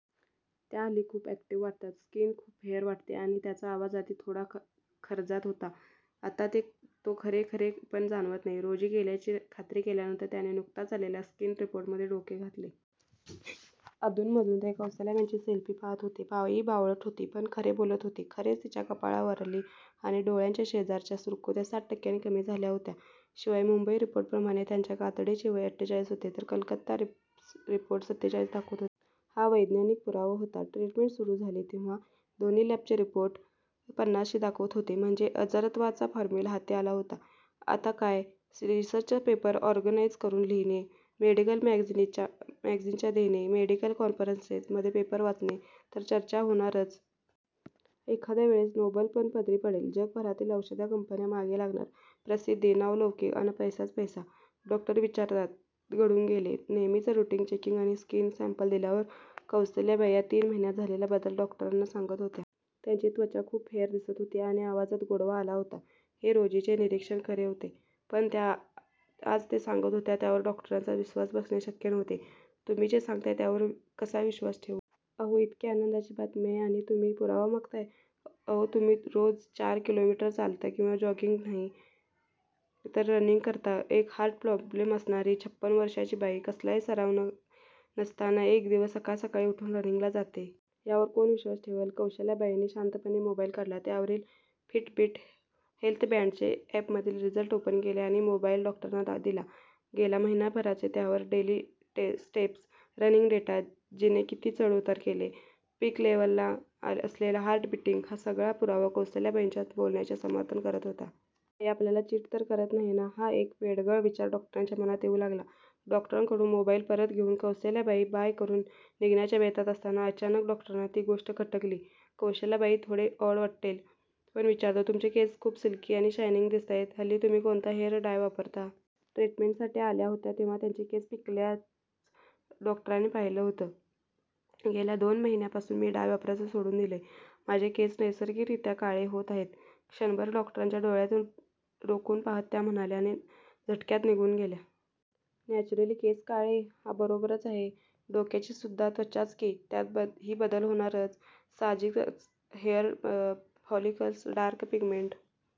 त्या हल्ली खूप ऍक्टिव्ह वाटतात. स्किन खूप फेयर वाटतीय आणि त्यांचा आवाज आधी थोडा खर्जात होता. आत्ता तो खरखरे पण जाणवत नाही! रोजी गेल्याची खात्री केल्यावर, त्यांनी नुकत्याच आलेल्या स्किन रिपोर्टमध्ये डोके घातले. अधून मधून ते कौसल्याबाईंची सेल्फी पहात होते. बाई बावळट होती. पण खरे बोलत होती! खरेच तिच्या कपाळावरली आणि डोळ्याच्या शेजारच्या सुरुकुत्या साठ टक्क्यांनी कमी झाल्या होत्या! शिवाय मुंबई रिपोर्ट प्रमाणे त्यांच्या कातडीचे वय अठ्ठेचाळी होते, तर कलकत्ता रिपोर्ट सत्तेचाळीस दाखवत होते! हा वैज्ञानिक पुरावा होता! ट्रीटमेंट सुरु केली तेव्हा दोन्ही लॅबचे रोपोर्ट पन्नाशी दाखवत होते! म्हणजे 'अजरत्वचा फार्मुला' हाती आला होता! आता काय? रिसर्च पेपर ऑर्गनाईझ करून लिहणे, मेडिकल मॅगझिनच्या देणे, मेडिकल कॉन्फरन्सेस मध्ये पेपर वाचणे, चर्चा तर होणारच. एखादे वेळेस नोबल पण पदरी पडेल! जगभरातील औषध कंपन्या मागे लागणार, प्रसिद्धी, नावलौकिक, अन पैसाच पैसा! डॉक्टर विचारात गढून गेले. नेहमीचे रुटीन चेकिंग आणि स्किन सॅम्पल दिल्यावर कौसल्याबाई या तीन महिन्यात झालेला बदल डॉक्टरांना सांगत होत्या. त्याची त्वचा खूप फेयर दिसत होती आणि आवाजात गोडवा आला होता, हे रोजीचे निरीक्षण खरे होते. पण त्या, आज जे सांगत होत्या त्यावर डॉक्टरांचा विश्वास बसणे शक्यच नव्हते. "तुम्ही जे सांगताय त्यावर कसा विश्वास ठेवू? " "अहो, इतकी आनंदाची बातमी आहे, आणि तुम्ही पुरावा मागताय? " "अहो, तुम्ही रोज चार किलोमीटर, चालता किंवा जॉगिंग नाही तर रनिंग करता! एक हार्ट प्रॉब्लेम असणारी, छप्पन वर्षाची बाई, कसलाही सराव नसताना एक दिवस सकाळी उठून रनींगला जाते! यावर कोण विश्वास ठेवेल? " कौशल्याबाईंनी शांतपणे मोबाईल काढला. त्यावरील फिटबीट हेल्थबॅन्डचे ऍपमधील रिझल्ट ओपन केले आणि मोबाईल डॉक्टरांना दिला. गेला महिनाभराचे त्यावर, डेली स्टेप्स, रनिंग डेटा, जिने किती चढ उतार केले, पीकलेव्हलला असलेला हार्ट बिटिंग, हा सगळा पुरावा कौसल्याबाईंच्या बोलण्याचे समर्थन करत होता! हि बाई आपल्याला चिट तर करत नाही ना? हा एक वेडगळ विचार डॉक्टरांच्या मनात येऊन गेला. डॉक्टरांकडून मोबाईल परत घेवून कौसल्याबाई 'बाय' करून निघण्याच्या बेतात असताना, अचानक डॉक्टरांना ती गोष्ट खटकली. "कौशल्याबाई, थोडे ऑड वाटेल, पण विचारतो, तुमचे केस खूप सिल्की आणि शायनिंग दिसताहेत, हल्ली तुम्ही कोणता हेयर डाय वापरता? " ट्रीटमेंट साठी आल्या तेव्हा, त्याचे केस पिकल्याच डॉक्टररानी पाहिलं होत. " गेल्या दोन महिन्या पासून मी डाय वापरायचं सोडून दिलंय! माझे केस नैसर्गिक रित्या काळे होत आहेत! " क्षणभर डॉक्टरांच्या डोळ्यात रोखून पहात त्या म्हणाल्या आणि झटक्यात निघून गेल्या! न्यॲचुरली केस काळे? हा, बरोबरच आहे! डोक्याची सुद्धा त्वचाच कि, त्यात हि बदल होणारच. सहाजिकच हेयर फॉलिकल्स डार्क पिगमेंट